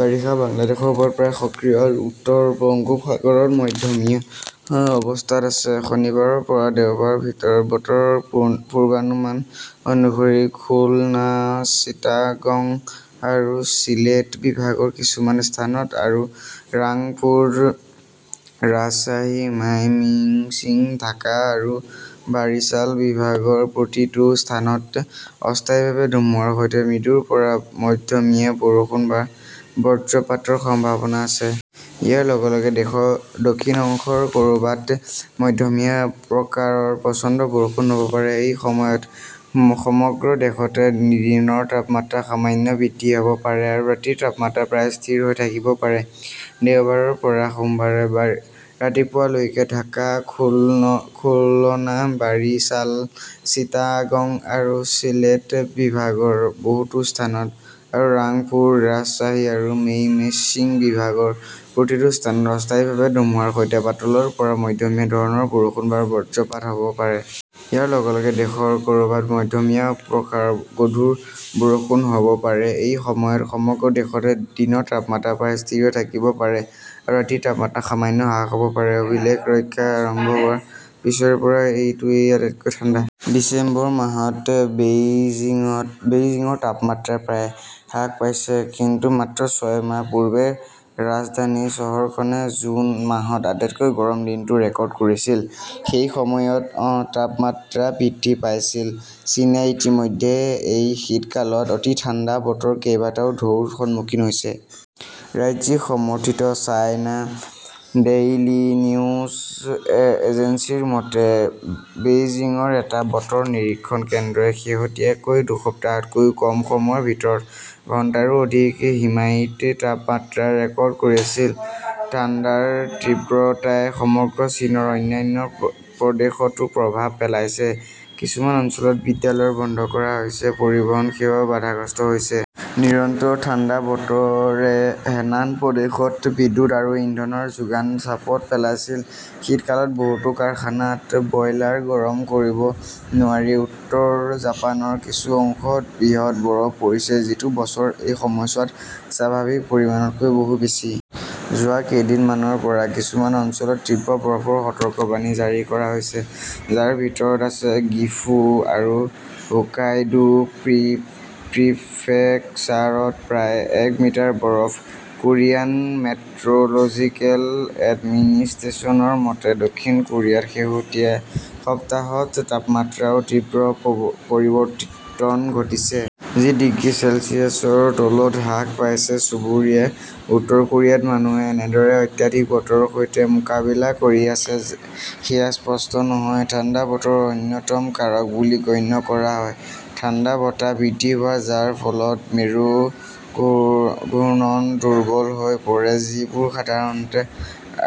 বাৰিষা বাংলাদেশৰ ওপৰত প্ৰায় সক্ৰিয় আৰু উত্তৰ বংগোপসাগৰত মধ্যমীয়া অৱস্থাত আছে। শনিবাৰৰ পৰা দেওবাৰৰ ভিতৰত বতৰৰ পূৰ্বানুমান অনুসৰি, খুলনা, চিটাগং আৰু চিলেট বিভাগৰ কিছুমান স্থানত আৰু ৰাংপুৰ, ৰাজশ্বাহী, মাইমিংছিং, ঢাকা আৰু বাৰিছাল বিভাগৰ প্ৰতিটো স্থানত অস্থায়ীভাৱে ধুমুহাৰ সৈতে মৃদুৰ পৰা মধ্যমীয়া বৰষুণ বা বজ্ৰপাতৰ সম্ভাৱনা আছে। ইয়াৰ লগে লগে দেশৰ দক্ষিণ অংশৰ ক'ৰবাত মধ্যমীয়া প্ৰকাৰৰ প্ৰচণ্ড বৰষুণ হ'ব পাৰে। এই সময়ত সমগ্ৰ দেশতে দিনৰ তাপমাত্ৰা সামান্য বৃদ্ধি হ'ব পাৰে আৰু ৰাতিৰ তাপমাত্ৰা প্ৰায় স্থিৰ হৈ থাকিব পাৰে। দেওবাৰৰ পৰা সোমবাৰে ৰাতিপুৱা লৈকে ঢাকা, খুলনা, বাৰিছাল, চিটাগং আৰু চিলেট বিভাগৰ বহুতো স্থানত আৰু ৰাংপুৰ, ৰাজশ্বাহী আৰু মেইমেশ্বিং বিভাগৰ প্ৰতিটো স্থানত অস্থায়ীভাৱে ধুমুহাৰ সৈতে পাতলৰ পৰা মধ্যমীয়া ধৰণৰ বৰষুণ বা বজ্ৰপাত হ'ব পাৰে। ইয়াৰ লগে লগে দেশৰ ক'ৰবাত মধ্যমীয়া প্ৰকাৰৰ গধুৰ বৰষুণ হ'ব পাৰে। এই সময়ত সমগ্ৰ দেশতে দিনৰ তাপমাত্ৰা প্ৰায় স্থিৰ হৈ থাকিব পাৰে আৰু ৰাতিৰ তাপমাত্ৰা সামান্য হ্ৰাস পাব পাৰে। অভিলেখ ৰক্ষা আৰম্ভ হোৱাৰ পিছৰে পৰা এইটোৱেই আটাইতকৈ ঠাণ্ডা। ডিচেম্বৰ মাহত বেইজিংত বেইজিংৰ তাপমাত্ৰা প্ৰায়ে হ্ৰাস পাইছে। কিন্তু মাত্ৰ ছয় মাহ পূৰ্বে ৰাজধানী চহৰখনে জুন মাহত আটাইতকৈ গৰম দিনটো ৰেকৰ্ড কৰিছিল। সেই সময়ত তাপমাত্ৰা বৃদ্ধি পাইছিল। চীনে ইতিমধ্যে এই শীতকালত অতি ঠাণ্ডা বতৰৰ কেইবাটাও ঢৌৰ সন্মুখীন হৈছে। ৰাজ্যিক সমৰ্থিত চাইনা ডেইলী নিউজ এজেন্সিৰ মতে, বেইজিংৰ এটা বতৰ নিৰীক্ষণ কেন্দ্ৰই শেহতীয়াকৈ দুসপ্তাহতকৈও কম সময়ৰ ভিতৰত ঘণ্টাৰো অধিক হিমায়িত তাপমাত্ৰা ৰেকৰ্ড কৰিছিল। ঠাণ্ডাৰ তীব্ৰতাই সমগ্ৰ চীনৰ অন্যান্য প্ৰদেশতো প্ৰভাৱ পেলাইছে। কিছুমান অঞ্চলত বিদ্যালয় বন্ধ কৰা হৈছে, পৰিবহণ সেৱাও বাধাগ্ৰস্ত হৈছে। নিৰন্তৰ ঠাণ্ডা বতৰে হেনান প্ৰদেশত বিদ্যুৎ আৰু ইন্ধনৰ যোগান চাপত পেলাইছিল। শীতকালত বহুতো কাৰখানাত বয়লাৰ গৰম কৰিব নোৱাৰি। উত্তৰ জাপানৰ কিছু অংশত বৃহৎ বৰফ পৰিছে, যিটো বছৰ এই সময়ছোৱাত স্বাভাৱিক পৰিমাণতকৈ বহু বেছি। যোৱা কেইদিনমানৰ পৰা কিছুমান অঞ্চলত তীব্ৰ বৰফৰ সতৰ্কবাণী জাৰি কৰা হৈছে, যাৰ ভিতৰত আছে গিফু আৰু হোক্কাইডো প্ৰি প্ৰিফেকচাৰত প্ৰায় এক মিটাৰ বৰফ। কোৰিয়ান মেট্ৰ'লজিকেল এডমিনিষ্ট্ৰেশ্যনৰ মতে, দক্ষিণ কোৰিয়াত শেহতীয়া সপ্তাহত তাপমাত্ৰাত তীব্ৰ পৰিৱৰ্তন ঘটিছে। যি ডিগ্ৰী চেলছিয়াছৰ তলত হ্ৰাস পাইছে। চুবুৰীয়া উত্তৰ কোৰিয়াত মানুহে এনেদৰে অত্যাধিক বতৰৰ সৈতে মোকাবিলা কৰি আছে সেয়া স্পষ্ট নহয়। ঠাণ্ডা বতৰৰ অন্যতম কাৰক বুলি গণ্য কৰা হয়, ঠাণ্ডা বতাহ বৃদ্ধি হোৱা, যাৰ ফলত মেৰু ঘু ঘূৰ্ণন দুৰ্বল হৈ পৰে, যিবোৰ সাধাৰণতে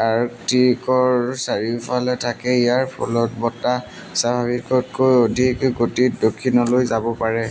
আৰ্কটিকৰ চাৰিওফালে থাকে। ইয়াৰ ফলত বতাহ স্বাভাৱিকতকৈ অধিক গতিত দক্ষিণলৈ যাব পাৰে।